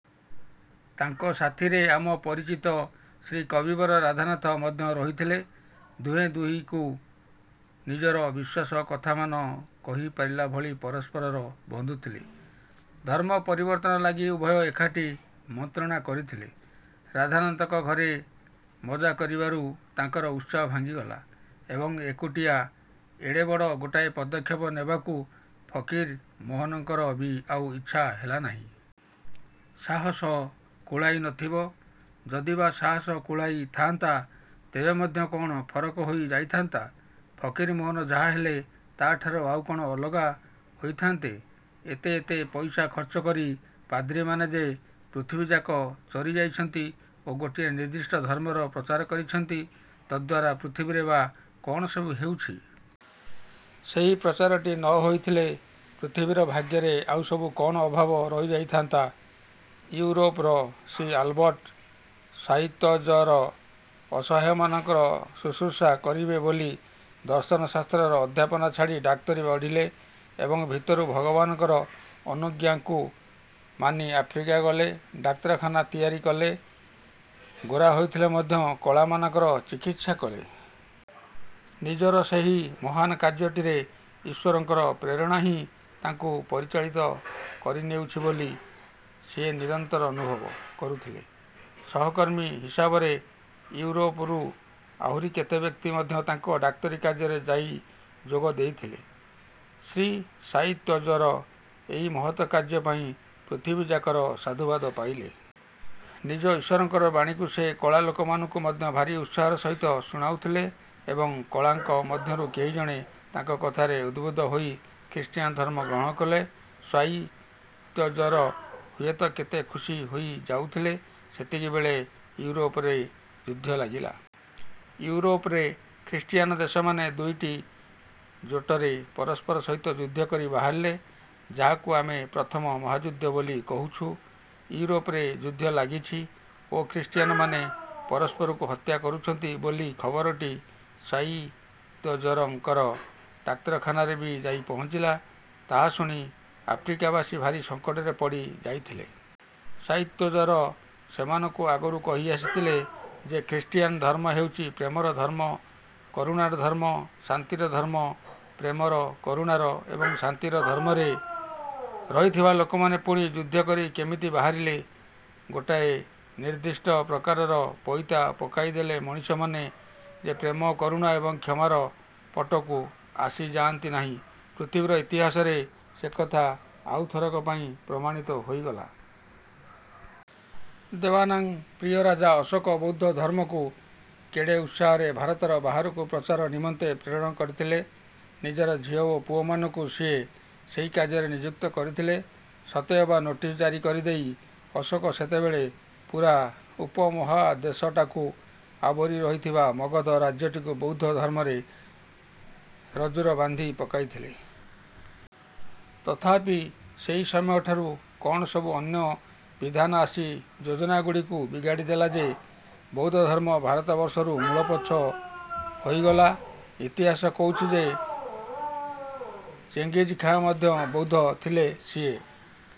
ତାଙ୍କ ସାଥିରେ ଆମ ପରିଚିତ ଶ୍ରୀ କବିବର ରାଧାନାଥ ମଧ୍ୟ ରହିଥିଲେ-। ଦୁହେଁ ଦୁହିଙ୍କୁ ନିଜର ବିଶ୍ୱାସ କଥାମାନ କହିପାରିଲା ଭଳି ପରସ୍ପରର ବନ୍ଧୁଥିଲେ। ଧର୍ମ ପରିବର୍ତ୍ତନ ଲାଗି ଉଭୟ ଏକାଠି ମନ୍ତ୍ରଣା କରିଥିଲେ। ରାଧାନାଥଙ୍କ ଘରେ ମଜା କରିବାରୁ ତାଙ୍କର ଉତ୍ସାହ ଭାଙ୍ଗିଗଲା ଏବଂ ଏକୁଟିଆ ଏଡ଼େ ବଡ଼ ଗୋଟାଏ ପଦକ୍ଷେପ ନେବାକୁ ଫକୀରମୋହନଙ୍କର ବି ଆଉ ଇଚ୍ଛା ହେଲା ନାହିଁ। ସାହସ କୁଳାଇ ନଥିବ। ଯଦି ବା ସାହସ କୁଳାଇ ଥାଆନ୍ତା, ତେବେ ମଧ୍ୟ କ'ଣ ଫରକ ହୋଇ ଯାଇଥାନ୍ତା? ଫକୀରମୋହନ ଯାହାହେଲେ, ତା'ଠାରୁ ଆଉ କ'ଣ ଅଲଗା ହୋଇଥାନ୍ତେ? ଏତେ ଏତେ ପଇସା ଖର୍ଚ୍ଚ କରି ପାଦ୍ରୀମାନେ ଯେ ପୃଥିବୀଯାକ ଚରି ଯାଇଛନ୍ତି ଓ ଗୋଟିଏ ନିର୍ଦ୍ଦିଷ୍ଟ ଧର୍ମର ପ୍ରଚାର କରିଛନ୍ତି, ତଦ୍ଦ୍ୱାରା ପୃଥିବୀରେ ବା କ'ଣ ସବୁ ହେଉଛି? ସେହି ପ୍ରଚାରଟି ନ ହୋଇଥିଲେ ପୃଥିବୀର ଭାଗ୍ୟରେ ଆଉ ସବୁ କ'ଣ ଅଭାବ ରହିଯାଇଥାନ୍ତା? ଇଉରୋପର ଶ୍ରୀ ଆଲବର୍ଟ ଶ୍ୱାଇତ୍ଜର୍ ଅସହାୟମାନଙ୍କର ଶୁଶ୍ରୂଷା କରିବେ ବୋଲି ଦର୍ଶନଶାସ୍ତ୍ରର ଅଧ୍ୟାପନା ଛାଡ଼ି ଡାକ୍ତରୀ ପଢ଼ିଲେ ଏବଂ ଭିତରୁ ଭଗବାନଙ୍କର ଅନୁଜ୍ଞାକୁ ମାନି ଆଫ୍ରିକା ଗଲେ। ଡାକ୍ତରଖାନା ତିଆରି କଲେ, ଗୋରା ହୋଇଥିଲେ ମଧ୍ୟ କଳାମାନଙ୍କର ଚିକିତ୍ସା କଲେ। ନିଜର ସେହି ମହାନ୍ କାର୍ଯ୍ୟଟିରେ ଈଶ୍ଵରଙ୍କର ପ୍ରେରଣା ହିଁ ତାଙ୍କୁ ପରିଚାଳିତ କରିନେଉଛି ବୋଲି ସିଏ ନିରନ୍ତର ଅନୁଭବ। କରୁଥିଲେ। ସହକର୍ମୀ ହିସାବରେ ଇଉରୋପରୁ ଆହୁରି କେତେ ବ୍ୟକ୍ତି ମଧ୍ୟ ତାଙ୍କ ଡାକ୍ତରୀ କାର୍ଯ୍ୟରେ ଯାଇ ଯୋଗ ଦେଇଥିଲେ। ଶ୍ରୀ ଶ୍ୱାଇତ୍ଜର୍ ଏହି ମହତ୍ କାର୍ଯ୍ୟ ପାଇଁ ପୃଥିବୀଯାକର ସାଧୁବାଦ ପାଇଲେ। ନିଜ ଈଶ୍ୱରଙ୍କର ବାଣୀକୁ ସେ କଳା ଲୋକମାନଙ୍କୁ ମଧ୍ୟ ଭାରି ଉତ୍ସାହର ସହିତ ଶୁଣାଉଥିଲେ ଏବଂ କଳାଙ୍କ ମଧ୍ୟରୁ କେହି ଜଣେ ତାଙ୍କ କଥାରେ ଉଦ୍ବୁଦ୍ଧ ହୋଇ ଖ୍ରୀଷ୍ଟିଆନ ଧର୍ମ ଗ୍ରହଣ କଲେ ଶ୍ୱାଇତ୍ଜର୍ ହୁଏତ କେତେ ଖୁସି ହୋଇ ଯାଉଥିଲେ। ସେତିକିବେଳେ ଇଉରୋପରେ ଯୁଦ୍ଧ ଲାଗିଲା। ଇଉରୋପରେ ଖ୍ରୀଷ୍ଟିଆନ ଦେଶମାନେ ଦୁଇଟି ଜୋଟରେ ପରସ୍ପର ସହିତ ଯୁଦ୍ଧ କରି ବାହାରିଲେ, ଯାହାକୁ ଆମେ ପ୍ରଥମ ମହାଯୁଦ୍ଧ ବୋଲି କହୁଛୁ। ଇଉରୋପରେ ଯୁଦ୍ଧ ଲାଗିଛି ଓ ଖ୍ରୀଷ୍ଟିଆନମାନେ ପରସ୍ପରକୁ ହତ୍ୟା କରୁଛନ୍ତି ବୋଲି ଖବରଟି ଶ୍ୱାଇତ୍ଜର୍ଙ୍କର ଡାକ୍ତରଖାନାରେ ବି ଯାଇ ପହଞ୍ଚିଲା। ତାହା ଶୁଣି ଆଫ୍ରିକାବାସୀ ଭାରି ସଂକଟରେ ପଡ଼ି ଯାଇଥିଲେ। ଶ୍ୱାଇତ୍ଜର୍ ସେମାନଙ୍କୁ ଆଗରୁ କହି ଆସିଥଲେ ଯେ, ଖ୍ରୀଷ୍ଟିୟାନ୍ ଧର୍ମ ହେଉଛି ପ୍ରେମର ଧର୍ମ, କରୁଣାର ଧର୍ମ, ଶାନ୍ତିର ଧର୍ମ। ପ୍ରେମର, କରୁଣାର ଏବଂ ଶାନ୍ତିର ଧର୍ମରେ ରହିଥିବା ଲୋକମାନେ ପୁଣି ଯୁଦ୍ଧ କରି କେମିତି ବାହାରିଲେ? ଗୋଟାଏ ନିର୍ଦ୍ଦିଷ୍ଟ ପ୍ରକାରର ପଇତା ପକାଇଦେଲେ ମଣିଷମାନେ ଯେ ପ୍ରେମ, କରୁଣା ଏବଂ କ୍ଷମାର ପଟକୁ ଆସିଯାଆନ୍ତି ନାହିଁ, ପୃଥିବୀର ଇତିହାସରେ ସେକଥା ଆଉଥରକ ପାଇଁ ପ୍ରମାଣିତ ହୋଇଗଲା। ଦେବାନାଂ ପ୍ରିୟ ରାଜା ଅଶୋକ ବୌଦ୍ଧ ଧର୍ମକୁ କେଡ଼େ ଉତ୍ସାହରେ ଭାରତର ବାହାରକୁ ପ୍ରଚାର ନିମନ୍ତେ ପ୍ରେରଣ କରିଥିଲେ। ନିଜର ଝିଅ ଓ ପୁଅମାନଙ୍କୁ ସିଏ ସେହି କାର୍ଯ୍ୟରେ ନିଯୁକ୍ତ କରିଥିଲେ। ସତେଅବା ନୋଟିସ୍ ଜାରି କରିଦେଇ ଅଶୋକ ସେତେବେଳେ ପୂରା ଉପମହାଦେଶଟାକୁ ଆବୋରି ରହିଥିବା ମଗଧ ରାଜ୍ୟଟିକୁ ବୌଦ୍ଧ ଧର୍ମର ରଜ୍ଜୁରେ ବାନ୍ଧି ପକାଇଥିଲେ। ତଥାପି, ସେହି ସମୟ ଠାରୁ କ'ଣ ସବୁ ଅନ୍ୟ ବିଧାନ ଆସି ଯୋଜନାଗୁଡ଼ିକୁ ବିଗାଡ଼ିଦେଲା ଯେ, ବୌଦ୍ଧଧର୍ମ ଭାରତବର୍ଷରୁ ମୂଳପୋଛ ହୋଇଗଲା। ଇତିହାସ କହୁଛି ଯେ, ଚେଙ୍ଗିଜ୍ ଖାଁ ମଧ୍ୟ ବୌଦ୍ଧ ଥିଲେ। ସିଏ